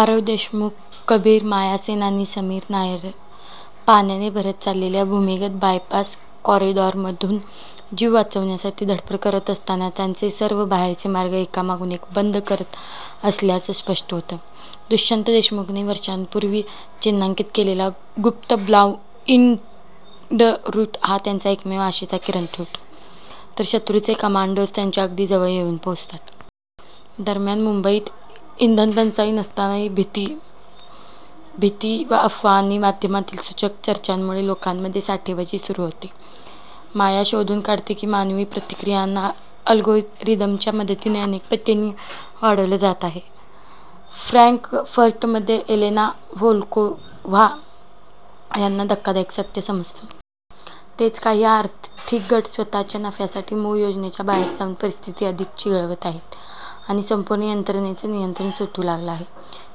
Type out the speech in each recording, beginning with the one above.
आरव देशमुख, कबीर, माया सेन आणि समीर नायर पाण्याने भरत चाललेल्या भूमिगत बायपास कॉरिडॉरमधून जीव वाचवण्यासाठी धडपड करत असताना त्यांचे सर्व बाहेरचे मार्ग एकामागून एक बंद करत असल्याचं स्पष्ट होतं. दुष्यंत देशमुखने वर्षांपूर्वी चिन्हांकित केलेला गुप्त "ब्लाइंड रूट" हा त्यांचा एकमेव आशेचा किरण ठरतो, तर शत्रूचे कमांडोज त्यांच्या अगदी जवळ येऊन पोहोचतात. दरम्यान मुंबईत इंधनटंचाई नसतानाही भीती, अफवा आणि माध्यमांतील सूचक चर्चांमुळे लोकांमध्ये साठेबाजी सुरू होते. माया शोधून काढते की मानवी प्रतिक्रियांना अल्गोरिदमच्या मदतीने अनेक पटींनी वाढवलं जात आहे. फ्रँकफर्टमध्ये एलेना व्होल्कोव्हा यांना धक्कादायक सत्य समजतं. तेच काही आर्थिक गट स्वतःच्या नफ्यासाठी मूळ योजनेच्या बाहेर जाऊन परिस्थिती अधिक चिघळवत आहेत आणि संपूर्ण यंत्रणेचं नियंत्रण सुटू लागलं आहे.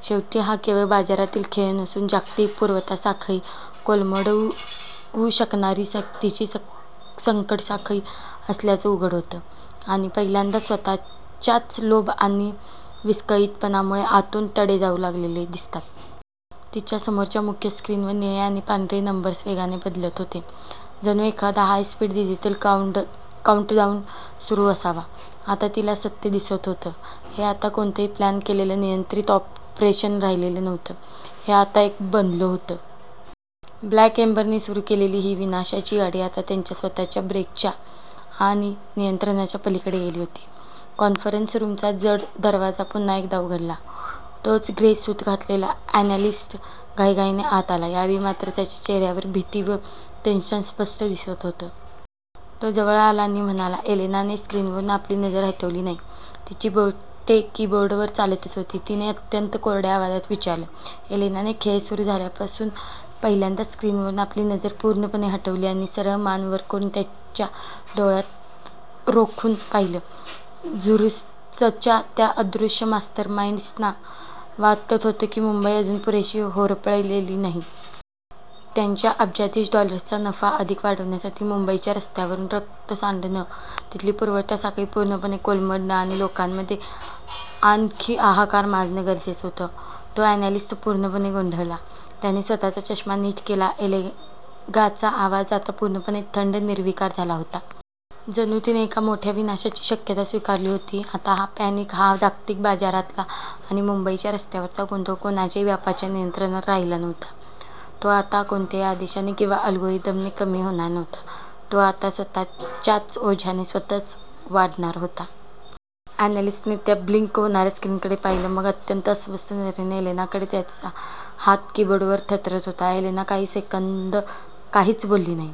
शेवटी हा केवळ बाजारातील खेळ नसून जागतिक पुरवठा साखळी कोलमडवू शकणारी सक्तीची संकटसाखळी असल्याचं उघड होतं आणि पहिल्यांदाच स्वतःच्याच लोभ आणि विस्कळीतपणामुळे आतून तडे जाऊ लागलेलं दिसतं. तिच्या समोरच्या मुख्य स्क्रीनवर निळे आणि पांढरे नंबर्स वेगाने बदलत होते, जणू एखादा हाय-स्पीड डिजिटल काउंटडाऊन सुरू असावा. आता तिला सत्य दिसत होतं. हे आता कोणतंही प्लॅन केलेलं, नियंत्रित ऑपरेशन राहिलेलं नव्हतं. हे आता एक बनलं होतं. 'ब्लॅक एम्बर'ने सुरू केलेली ही विनाशाची गाडी आता त्यांच्या स्वतःच्या ब्रेकच्या आणि नियंत्रणाच्या पलीकडे गेली होती. कॉन्फरन्स रूमचा जड दरवाजा पुन्हा एकदा उघडला. तोच ग्रे सूट घातलेला अनॅलिस्ट घाईघाईने आत आला. यावेळी मात्र त्याच्या चेहऱ्यावर भीती व टेन्शन स्पष्ट दिसत होतं. तो जवळ आला आणि म्हणाला, "एलेनाने स्क्रीनवरून आपली नजर हटवली नाही, तिची बोटे कीबोर्डवर चालतच होती. तिने अत्यंत कोरड्या आवाजात विचारलं," एलेनाने खेळ सुरू झाल्यापासून पहिल्यांदाच स्क्रीनवरून आपली नजर पूर्णपणे हटवली आणि सरळ मान वर करून त्याच्या डोळ्यांत रोखून पाहिलं, झुरिचच्या त्या अदृश्य मास्टरमाइंड्सना वाटत होतं की, मुंबई अजून पुरेशी होरपळलेली नाही. त्यांचा अब्जावधी डॉलर्सचा नफा अधिक वाढवण्यासाठी मुंबईच्या रस्त्यांवर रक्त सांडणं, तिथली पुरवठा साखळी पूर्णपणे कोलमडणं आणि लोकांमध्ये आणखी हाहाकार माजणं गरजेचं होतं. तो अनॅलिस्ट पूर्णपणे गोंधळला. त्याने स्वतःचा चष्मा नीट केला, एलेनाचा आवाज आता पूर्णपणे थंड, निर्विकार झाला होता. जणू तिने एका मोठ्या विनाशाची शक्यता स्वीकारली होती. आता हा पॅनिक, हा जागतिक बाजारातला आणि मुंबईच्या रस्त्यांवरचा गोंधळ कोणाच्याही बापाच्या नियंत्रणात राहिला नव्हता. तो आता कोणत्याही आदेशाने किंवा अल्गोरिदमने कमी होणार नव्हता. तो आता स्वतःच्याच ओझ्याने, स्वतःच वाढणार होता. अनॅलिस्टने त्या ब्लिंक होणाऱ्या स्क्रीनकडे पाहिलं, मग अत्यंत अस्वस्थ नजरेने एलेनाकडे. त्याचा हात कीबोर्डवर थरथरत होता. एलेना काही सेकंद काहीच बोलली